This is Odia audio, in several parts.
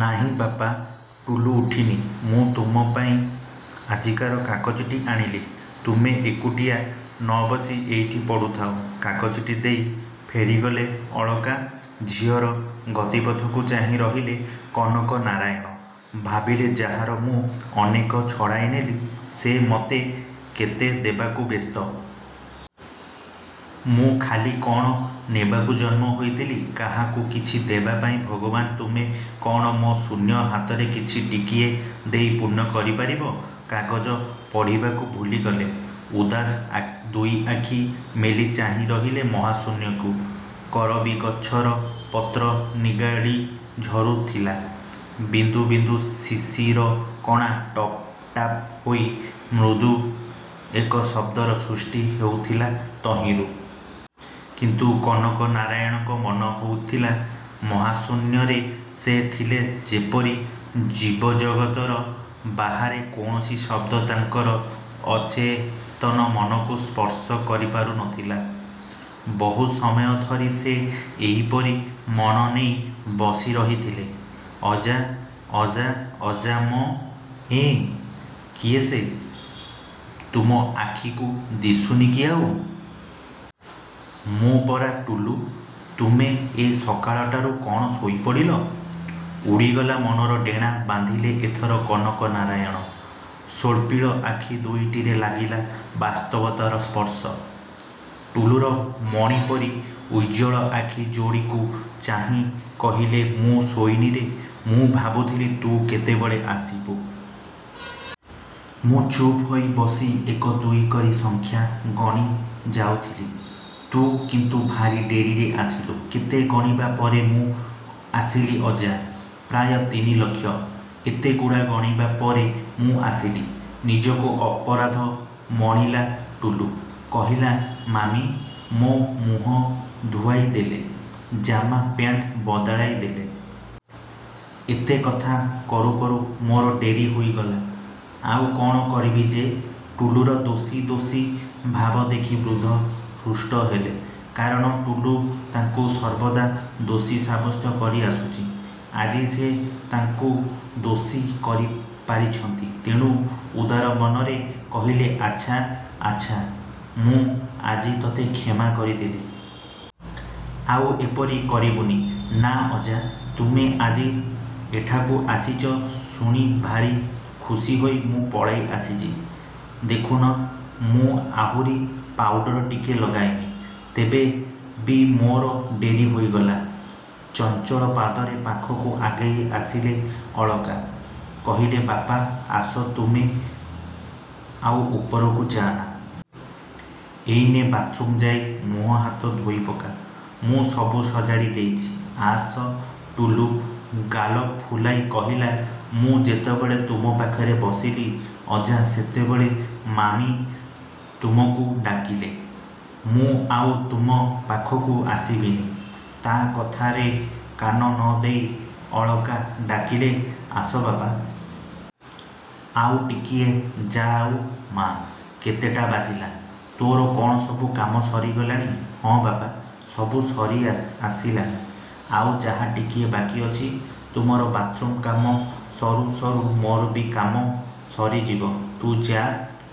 ନାହିଁ ବାପା ଟୁଲୁ ଉଠିନି। ମୁଁ ତୁମପାଇଁ ଆଜିକାର କାଗଜଟି ଆଣିଲି। ତୁମେ ଏକୁଟିଆ ନବସି ଏଇଠି ପଢ଼ୁଥାଅ। କାଗଜଟି ଦେଇ ଫେରିଗଲେ ଅଳକା। ଝିଅର ଗତିପଥକୁ ଚାହିଁ ରହିଲେ କନକ ନାରାୟଣ। ଭାବିଲେ–ଯାହାର ମୁଁ ଅନେକ ଛଡ଼ାଇନେଲି, ସେ ମୋତେ କେତେ ଦେବାକୁ ବ୍ୟସ୍ତ। ମୁଁ ଖାଲି କ'ଣ ନେବାକୁ ଜନ୍ମ ହୋଇଥିଲି! କାହାକୁ କିଛି ଦେବାପାଇଁ ଭଗବାନ ତୁମେ କ'ଣ ମୋ ଶୂନ୍ୟ ହାତରେ କିଛି ଟିକିଏ ଦେଇ ପୂର୍ଣ୍ଣ କରିପାରିବ? କାଗଜ ପଢ଼ିବାକୁ ଭୁଲିଗଲେ। ଉଦାସ ଦୁଇଆଖି ମେଲି ଚାହିଁରହିଲେ ମହାଶୂନ୍ୟକୁ-। କରବୀ ଗଛର ପତ୍ର ନିଗାଡ଼ି ଝରୁଥିଲା ବିନ୍ଦୁ ବିନ୍ଦୁ ଶିଶିର କଣା, ଟପ୍ ଟାପ୍ ହୋଇ ମୃଦୁ ଏକ ଶବ୍ଦର ସୃଷ୍ଟି ହେଉଥିଲା ତହିଁରୁ। କିନ୍ତୁ କନକ ନାରାୟଣଙ୍କ ମନହୋଇଥିଲା ମହାଶୂନ୍ୟରେ ସେ ଥିଲେ–ଯେପରି ଜୀବଜଗତର ବାହାରେ, କୌଣସି ଶବ୍ଦ ତାଙ୍କର ଅଚେତନ ମନକୁ ସ୍ପର୍ଶ କରିପାରୁନଥିଲା। ବହୁ ସମୟ ଧରି ସେ ଏହିପରି ମନ ନେଇ ବସିରହିଥିଲେ। –ଅଜା, ଅଜା, ଅଜା ମ –ଏଁ, କିଏ ସେ? –ତୁମ ଆଖିକୁ ଦିଶୁନି କି ଆଉ? ମୁଁ ପରା ଟୁଲୁ, ତୁମେ ଏ ସକାଳଟାରୁ କ'ଣ ଶୋଇପଡ଼ିଲ? ଉଡ଼ିଗଲା ମନର ଡେଣା ବାନ୍ଧିଲେ ଏଥର କନକ ନାରାୟଣ। ସ୍ୱପ୍ନିଳ ଆଖିଦୁଇଟିରେ ଲାଗିଲା ବାସ୍ତବତାର ସ୍ପର୍ଶ। ଟୁଲୁର ମଣି ପରି ଉଜ୍ଜ୍ୱଳ ଆଖି ଯୋଡ଼ିକୁ ଚାହିଁ କହିଲେ–ମୁଁ ଶୋଇନିରେ, ମୁଁ ଭାବୁଥିଲି ତୁ କେତେବେଳେ ଆସିବୁ। ମୁଁ ଚୁପ୍ ହୋଇ ବସି ଏକ ଦୁଇ କରି ସଂଖ୍ୟା ଗଣିଯାଉଥିଲି। ତୁ କିନ୍ତୁ ଭାରି ଡେରିରେ ଆସିଲୁ। –କେତେ ଗଣିବା ପରେ ମୁଁ ଆସିଲି ଅଜା? –ପ୍ରାୟ ତିନିଲକ୍ଷ। ଏତେଗୁଡ଼ାଏ ଗଣିବା ପରେ ମୁଁ ଆସିଲି! ନିଜକୁ ଅପରାଧ ମଣିଲା ଟୁଲୁ, କହିଲା–ମାମି ମୋ ମୁହଁ ଧୁଆଇଦେଲେ, ଜାମା ପ୍ୟାଣ୍ଟ ବଦଳାଇଦେଲେ। ଏତେକଥା କରୁ କରୁ ମୋର ଡେରି ହୋଇଗଲା। ଆଉ କ'ଣ କରିବି ଯେ। ଟୁଲୁର ଦୋଷୀ ଦୋଷୀ ଭାବ ଦେଖି ବୃଦ୍ଧ ହୃଷ୍ଟ ହେଲେ। କାରଣ ଟୁଲୁ ତାଙ୍କୁ ସର୍ବଦା ଦୋଷୀ ସାବ୍ୟସ୍ତ କରିଆସୁଛି। ଆଜି ସେ ତାକୁ ଦୋଷୀ କରିପାରିଛନ୍ତି। ତେଣୁ ଉଦାର ମନରେ କହିଲେ–ଆଚ୍ଛା, ଆଚ୍ଛା, ମୁଁ ଆଜି ତୋତେ କ୍ଷମା କରିଦେଲି। ଆଉ ଏପରି କରିବୁନି। –ନାଁ, ଅଜା ତୁମେ ଆଜି ଏଠାକୁ ଆସିଛ ଶୁଣି ଭାରି ଖୁସିହୋଇ ମୁଁ ପଳାଇଆସିଛି। ଦେଖୁନ, ମୁଁ ଆହୁରି ପାଉଡର ଟିକିଏ ଲଗାଇନି। ତେବେ ବି ମୋର ଡେରି ହୋଇଗଲା। ଚଞ୍ଚଳ ପାଦରେ ପାଖକୁ ଆଗେଇଆସିଲେ ଅଳକା। କହିଲେ–ବାପା, ଆସ ତୁମେ, ଆଉ ଉପରକୁ ଯାଅନା। ଏଇନେ ବାଥ୍ରୁମରେ ଯାଇ ମୁଁହ ହାତ ଧୋଇପକା। ମୁଁ ସବୁ ସଜାଡ଼ିଦେଇଛି। ଆସ। ଟୁଲୁ। ଗାଲ ଫୁଲାଇ କହିଲା–ମୁଁ ଯେତେବେଳେ ତୁମ ପାଖରେ ବସିଲି ଅଜା, ସେତେବେଳେ ମାମି ତୁମକୁ ଡାକିଲେ। ମୁଁ ଆଉ ତୁମ ପାଖକୁ ଆସିବିନି। ତା' କଥାରେ କାନ ନଦେଇ ଅଳକା ଡାକିଲେ–ଆସ ବାପା। ଆଉ ଟିକିଏ ଯାଉ ମା'। କେତେଟା ବାଜିଲା? ତୋର କ'ଣ ସବୁ କାମ ସରିଗଲାଣି? ହଁ ବାପା, ସବୁ ସରିଆସିଲାଣି। ଆଉ ଯାହା ଟିକିଏ ବାକିଅଛି ତୁମର ବାଥ୍ରୁମ୍ କାମ ସରୁ ସରୁ ମୋର ବି କାମ ସରିଯିବ। ତୁ ଯାଆ,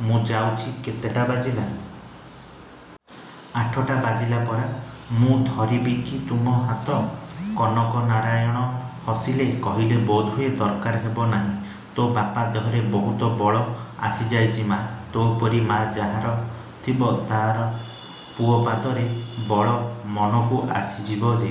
ମୁଁ ଯାଉଛି। କେତେଟା ବାଜିଲା? ଆଠଟା ବାଜିଲା ପରା। ମୁଁ ଧରିବି କି ତୁମ ହାତ? କନକ ନାରାୟଣ ହସିଲେ। କହିଲେ–ବୋଧହୁଏ ଦରକାର ହେବ ନାହିଁ। ତୋ ବାପା ଦେହରେ ବହୁତ ବଳ ଆସିଯାଇଛି ମା'। ତୋପରି ମା' ଯାହାର ଥିବ, ତା' ପୁଅ ପାଦରେ ବଳ ମନକୁ ଆସିଯିବ ଯେ।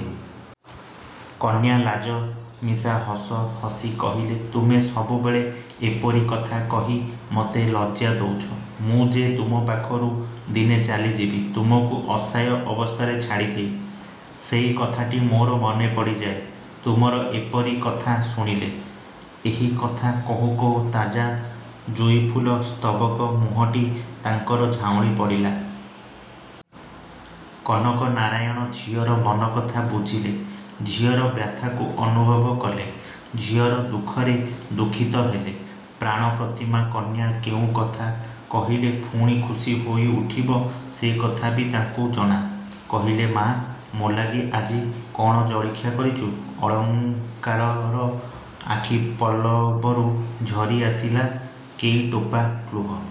କନ୍ୟା ଲାଜମିଶା ହସ ହସି କହିଲେ, ତୁମେ ସବୁବେଳେ ଏପରି କଥା କହି ମତେ ଲଜ୍ଜା ଦେଉଛ। ମୁଁ ଯେ ତୁମପାଖରୁ ଦିନେ ଚାଲିଯିବି ତୁମକୁ ଅସହାୟ ଅବସ୍ଥାରେ ଛାଡ଼ିଦେଇ, ସେଇ କଥାଟି ମୋର ମନେପଡ଼ିଯାଏ ତୁମର ଏପରି କଥା ଶୁଣିଲେ। ଏହି କଥା କହୁ କହୁ ତାଜା ଜୁଇଫୁଲ ସ୍ତବକ ମୁହଁଟି ତାଙ୍କର ଝାଉଁଳିପଡ଼ିଲା। କନକ ନାରାୟଣ ଝିଅର ମନକଥା ବୁଝିଲେ। ଝିଅର ବ୍ୟଥାକୁ ଅନୁଭବ କଲେ। ଝିଅ ଦୁଃଖରେ ଦୁଃଖିତ ହେଲେ। ପ୍ରାଣ–ପ୍ରତିମା କନ୍ୟା କେଉଁ କଥା କହିଲେ ପୁଣି ଖୁସି ହୋଇଉଠିବ, ସେକଥା ବି ତାଙ୍କୁ ଜଣା। କହିଲେ–ମା', ମୋଲାଗି ଆଜି କ'ଣ ଜଳଖିଆ କରିଛୁ! ଅଳକାଙ୍କର ଆଖିପଲ୍ଲବରୁ ଝରିଆସିଲା କେଇଟୋପା ଲୁହ।